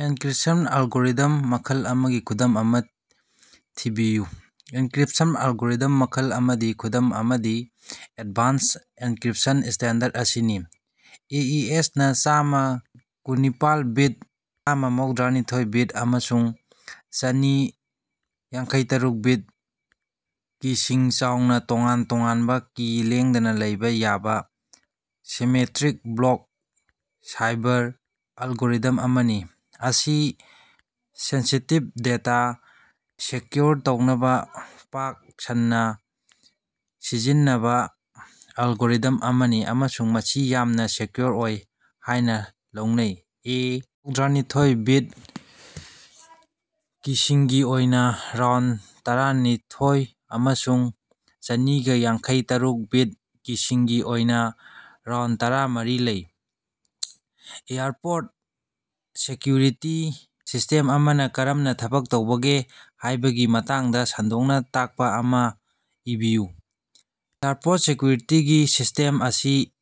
Encryption algorithm ꯃꯈꯜ ꯑꯃꯒꯤ ꯈꯨꯗꯝ ꯑꯃꯥ ꯊꯤꯕꯤꯌꯨ꯫ ꯑꯦꯟꯀ꯭ꯔꯤꯞꯁꯟ ꯑꯦꯂꯒꯣꯔꯤꯊꯝ ꯃꯈꯜ ꯑꯃꯗꯤ ꯈꯨꯗꯝ ꯑꯃꯗꯤ ꯑꯦꯗꯚꯥꯟꯁ ꯑꯦꯟꯀ꯭ꯔꯤꯞꯁꯟ ꯁ꯭ꯇꯦꯟꯗꯔꯗ ꯑꯁꯤꯅꯤ꯫ ꯑꯦ. ꯏ. ꯑꯦꯁ. ꯅꯥ ꯆꯥꯝꯃ ꯀꯨꯟꯅꯤꯄꯥꯜꯕꯤꯠ, ꯆꯥꯝꯃ ꯃꯧꯗ꯭ꯔꯥꯅꯤꯊꯣꯏ-ꯕꯤꯠ, ꯑꯃꯁꯨꯡ ꯆꯥꯅꯤ ꯌꯥꯡꯈꯩꯇꯔꯨꯛ-ꯕꯤꯠ ꯀꯤꯁꯤꯡ ꯆꯥꯎꯅ ꯇꯣꯉꯥꯟ ꯇꯣꯉꯥꯟꯕ ꯀꯤ ꯂꯦꯡꯗꯅ ꯂꯩꯕ ꯌꯥꯕ ꯁꯤꯃꯦꯇ꯭ꯔꯤꯛ ꯕ꯭ꯂꯣꯛ ꯁꯥꯏꯐꯔ ꯑꯦꯂꯒꯣꯔꯤꯊꯝ ꯑꯃꯅꯤ꯫ ꯑꯁꯤ ꯁꯦꯟꯁꯤꯇꯤꯞ ꯗꯦꯇꯥ ꯁꯦꯀ꯭ꯌꯨꯔ ꯇꯧꯅꯕ ꯄꯥꯛ ꯁꯟꯅ ꯁꯤꯖꯤꯟꯅꯕ ꯑꯦꯂꯒꯣꯔꯤꯊꯝ ꯑꯃꯅꯤ ꯑꯃꯁꯨꯡ ꯃꯁꯤ ꯌꯥꯝꯅ ꯁꯦꯀ꯭ꯌꯨꯔ ꯑꯣꯏ ꯍꯥꯏꯅ ꯂꯧꯅꯩ꯫ ꯑꯦ. ꯃꯧꯗ꯭ꯔꯥꯅꯤꯊꯣꯏ-ꯕꯤꯠ ꯀꯤꯁꯤꯡꯒꯤ ꯑꯣꯏꯅ ꯔꯥꯎꯟꯗ ꯇꯔꯥꯅꯤꯊꯣꯏꯑꯃꯁꯨꯡ ꯆꯅꯤꯒ ꯌꯥꯡꯈꯩ ꯇꯔꯨꯛ-ꯕꯤꯠ ꯀꯤꯁꯤꯡꯒꯤ ꯑꯣꯏꯅꯥ ꯔꯥꯎꯟꯗ ꯇꯔꯥ ꯃꯔꯤ ꯂꯩ꯫ ꯑꯦꯌꯔꯄꯣꯔꯠ ꯁꯦꯀ꯭ꯌꯨꯔꯤꯇꯤ ꯁꯤꯁ꯭ꯇꯦꯝ ꯑꯃꯅ ꯀꯔꯝꯅꯥ ꯊꯕꯛ ꯇꯧꯕꯒꯦ ꯍꯥꯏꯕꯒꯤ ꯃꯇꯥꯡꯗ ꯁꯟꯗꯣꯛꯅꯥ ꯇꯥꯛꯄꯥ ꯑꯃꯥ ꯏꯕꯤꯌꯨ꯫ ꯑꯦꯌꯔꯄꯣꯔꯠ ꯁꯦꯀ꯭ꯌꯨꯔꯤꯇꯤ ꯁꯤꯁ꯭ꯇꯦꯝ ꯑꯁꯤ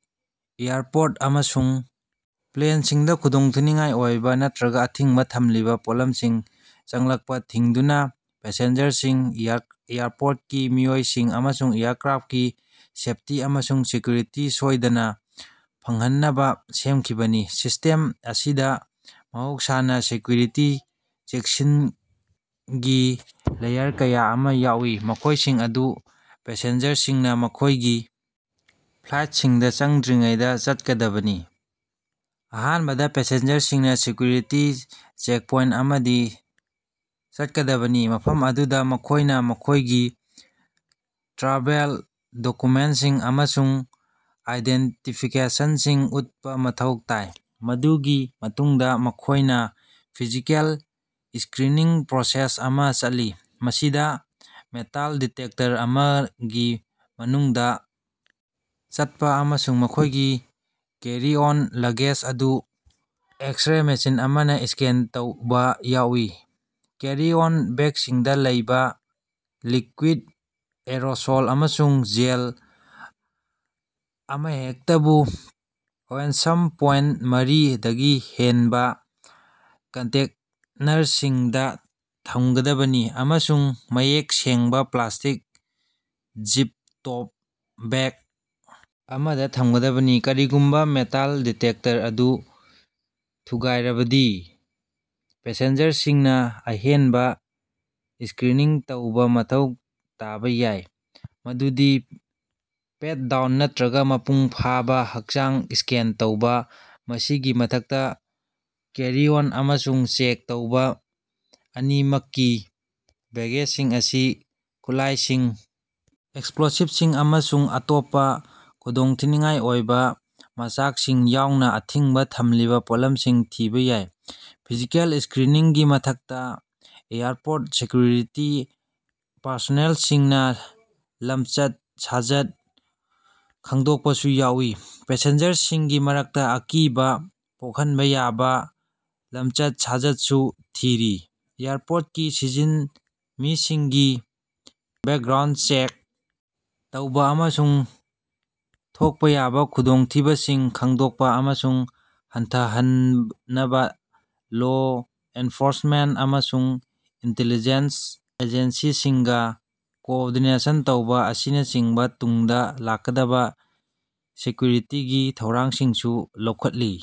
ꯑꯦꯌꯔꯄꯣꯔꯠ ꯑꯃꯁꯨꯡ ꯄ꯭ꯂꯦꯟꯁꯤꯡꯗ ꯈꯨꯗꯣꯡꯊꯤꯅꯤꯡꯉꯥꯏ ꯑꯣꯏꯕ ꯅꯠꯇꯔꯒ ꯑꯊꯤꯡꯕ ꯊꯝꯂꯤꯕ ꯄꯣꯠꯂꯝꯁꯤꯡ ꯆꯪꯂꯛꯄ ꯊꯤꯡꯗꯨꯅ ꯄꯦꯁꯦꯟꯖꯔꯁꯤꯡ, ꯑꯦꯌꯔꯄꯣꯔꯠꯀꯤ ꯃꯤꯑꯣꯏꯁꯤꯡ, ꯑꯃꯁꯨꯡ ꯑꯦꯌꯔꯀ꯭ꯔꯥꯐꯀꯤ ꯁꯦꯐꯇꯤ ꯑꯃꯁꯨꯡ ꯁꯦꯀꯌꯨꯔꯤꯇꯤ ꯁꯣꯏꯗꯅ ꯐꯪꯍꯟꯅꯕ ꯁꯦꯝꯈꯤꯕꯅꯤ꯫ ꯁꯤꯁ꯭ꯇꯦꯝ ꯑꯁꯤꯗ ꯃꯍꯧꯁꯥꯅ ꯁꯦꯀꯌꯨꯔꯤꯇꯤ ꯆꯦꯛꯁꯤꯡꯒꯤ ꯂꯦꯌꯔ ꯀꯌꯥ ꯑꯃ ꯌꯥꯎꯏ, ꯃꯈꯣꯏꯁꯤꯡ ꯑꯗꯨ ꯄꯦꯁꯦꯟꯖꯔꯁꯤꯡꯅ ꯃꯈꯣꯏꯒꯤ ꯐ꯭ꯂꯥꯏꯠꯁꯤꯡꯗ ꯆꯪꯗ꯭ꯔꯤꯉꯩꯗ ꯆꯠꯀꯗꯕꯅꯤ꯫ ꯑꯍꯥꯟꯕꯗ, ꯄꯦꯁꯦꯟꯖꯔꯁꯤꯡꯅ ꯁꯦꯀ꯭ꯌꯨꯔꯤꯇꯤ ꯆꯦꯛꯄꯣꯏꯟꯠ ꯑꯃꯗꯒꯤ ꯆꯠꯀꯗꯕꯅꯤ, ꯃꯐꯝ ꯑꯗꯨꯗ ꯃꯈꯣꯏꯅ ꯃꯈꯣꯏꯒꯤ ꯇ꯭ꯔꯥꯚꯦꯜ ꯗꯣꯛꯀꯨꯃꯦꯟꯠꯁꯤꯡ ꯑꯃꯁꯨꯡ ꯑꯥꯏꯗꯦꯟꯇꯤꯐꯤꯀꯦꯁꯟꯁꯤꯡ ꯎꯠꯄ ꯃꯊꯧ ꯇꯥꯏ꯫ ꯃꯗꯨꯒꯤ ꯃꯇꯨꯡꯗ, ꯃꯈꯣꯏꯅ ꯐꯤꯖꯤꯀꯦꯜ ꯁ꯭ꯀꯔꯤꯅꯤꯡ ꯄ꯭ꯔꯣꯁꯦꯁ ꯑꯃ ꯆꯠꯂꯤ, ꯃꯁꯤꯗ ꯃꯦꯇꯥꯜ ꯗꯤꯇꯦꯛꯇꯔ ꯑꯃꯒꯤ ꯃꯅꯨꯡꯗꯥ ꯆꯠꯄ ꯑꯃꯁꯨꯡ ꯃꯈꯣꯏꯒꯤ ꯀꯦꯔꯤ-ꯑꯣꯟ ꯂꯒꯦꯖ ꯑꯗꯨ ꯑꯦꯛꯁ-ꯔꯦ ꯃꯦꯁꯤꯟ ꯑꯃꯅ ꯁ꯭ꯀꯦꯟ ꯇꯧꯕ ꯌꯥꯎꯏ꯫ ꯀꯦꯔꯤ-ꯑꯣꯟ ꯕꯦꯒꯁꯤꯡꯗ ꯂꯩꯕ ꯂꯤꯀ꯭ꯌꯨꯏꯗ, ꯑꯦꯔꯣꯁꯣꯜ ꯑꯃꯁꯨꯡ ꯖꯦꯜ ꯑꯃꯍꯦꯛꯇꯕꯨ ꯑꯎꯟꯁꯑꯍꯨꯝ ꯄꯣꯏꯟ ꯃꯔꯤ ꯗꯒꯤ ꯍꯦꯟꯕ ꯀꯟꯇꯦꯅꯔꯁꯤꯡꯗ ꯊꯝꯒꯗꯕꯅꯤ ꯑꯃꯁꯨꯡ ꯃꯌꯦꯛ ꯁꯦꯡꯕ, ꯄ꯭ꯂꯥꯁ꯭ꯇꯤꯛ, ꯖꯤꯞ-ꯇꯣꯞ ꯕꯦꯒ ꯑꯃꯗ ꯊꯝꯒꯗꯕꯅꯤ꯫ ꯀꯔꯤꯒꯨꯝꯕ ꯃꯦꯇꯥꯜ ꯗꯤꯇꯦꯛꯇꯔ ꯑꯗꯨ ꯊꯨꯒꯥꯏꯔꯕꯗꯤ, ꯄꯦꯁꯦꯟꯖꯔꯁꯤꯡꯅ ꯑꯍꯦꯟꯕꯥ ꯁ꯭ꯀꯔꯤꯅꯤꯡ ꯇꯧꯕ ꯃꯊꯧ ꯇꯥꯕ ꯌꯥꯏ, ꯃꯗꯨꯗꯤ ꯄꯦꯠ-ꯗꯥꯎꯟ ꯅꯠꯇꯔꯒ ꯃꯄꯨꯡ ꯐꯥꯕ ꯍꯛꯆꯥꯡ ꯁ꯭ꯀꯦꯟ ꯇꯧꯕ꯫ ꯃꯁꯤꯒꯤ ꯃꯊꯛꯇ, ꯀꯦꯔꯤ ꯑꯣꯟ ꯑꯃꯁꯨꯡ ꯆꯦꯛ ꯇꯧꯕꯥ ꯑꯅꯤꯃꯛꯀꯤ ꯕꯦꯒꯦꯖꯁꯤꯡ ꯑꯁꯤ ꯈꯨꯠꯂꯥꯏꯁꯤꯡ, ꯑꯦꯛꯁꯞꯂꯣꯁꯤꯚꯁꯤꯡ ꯑꯃꯁꯨꯡ ꯑꯇꯣꯞꯄꯥ ꯈꯨꯗꯣꯡꯊꯤꯅꯤꯡꯉꯥꯏ ꯑꯣꯏꯕ ꯃꯆꯥꯛꯁꯤꯡ ꯌꯥꯎꯅ ꯑꯊꯤꯡꯕ ꯊꯝꯂꯤꯕ ꯄꯣꯠꯂꯝꯁꯤꯡ ꯊꯤꯕ ꯌꯥꯏ꯫ ꯐꯤꯖꯤꯀꯦꯜ ꯁ꯭ꯀꯔꯤꯅꯤꯡꯒꯤ ꯃꯊꯛꯇ, ꯑꯦꯌꯔꯄꯣꯔꯠ ꯁꯦꯀ꯭ꯌꯨꯔꯤꯇꯤ ꯄꯔꯁꯣꯅꯦꯜꯁꯤꯡꯅ ꯂꯝꯆꯠ-ꯁꯥꯖꯠ ꯈꯪꯗꯣꯛꯄꯁꯨ ꯌꯥꯎꯏ, ꯄꯦꯁꯦꯟꯖꯔꯁꯤꯡꯒꯤ ꯃꯔꯛꯇ ꯑꯀꯤꯕ ꯄꯣꯛꯍꯟꯕ ꯌꯥꯕꯥ ꯂꯝꯆꯠ-ꯁꯥꯖꯠ ꯁꯨ ꯊꯤꯔꯤ꯫ ꯑꯦꯌꯔꯄꯣꯔꯠꯀꯤ ꯁꯤꯟꯖꯤꯟꯃꯤꯁꯤꯡꯒꯤ ꯕꯦꯀꯒ꯭ꯔꯥꯎꯟꯗ ꯆꯦꯛ ꯇꯧꯕ ꯑꯃꯁꯨꯡ ꯊꯣꯛꯄ ꯌꯥꯕ ꯈꯨꯗꯣꯡꯊꯤꯕꯁꯤꯡ ꯈꯪꯗꯣꯛꯄ ꯑꯃꯁꯨꯡ ꯍꯟꯊꯍꯟꯅꯕ ꯂꯣ ꯑꯦꯟꯐꯣꯔꯁꯃꯦꯟꯠ ꯑꯃꯁꯨꯡ ꯏꯟꯇꯤꯂꯤꯖꯦꯟꯁ ꯑꯦꯖꯦꯟꯁꯤꯁꯤꯡꯒ ꯀꯣꯑꯣꯔꯗꯤꯅꯦꯁꯟ ꯇꯧꯕ ꯑꯁꯤꯅꯆꯤꯡꯕ ꯇꯨꯡꯗ ꯂꯥꯛꯀꯗꯕ ꯁꯦꯀ꯭ꯌꯨꯔꯤꯇꯤꯒꯤ ꯊꯧꯔꯥꯡꯁꯤꯡꯁꯨ ꯂꯧꯈꯠꯂꯤ꯫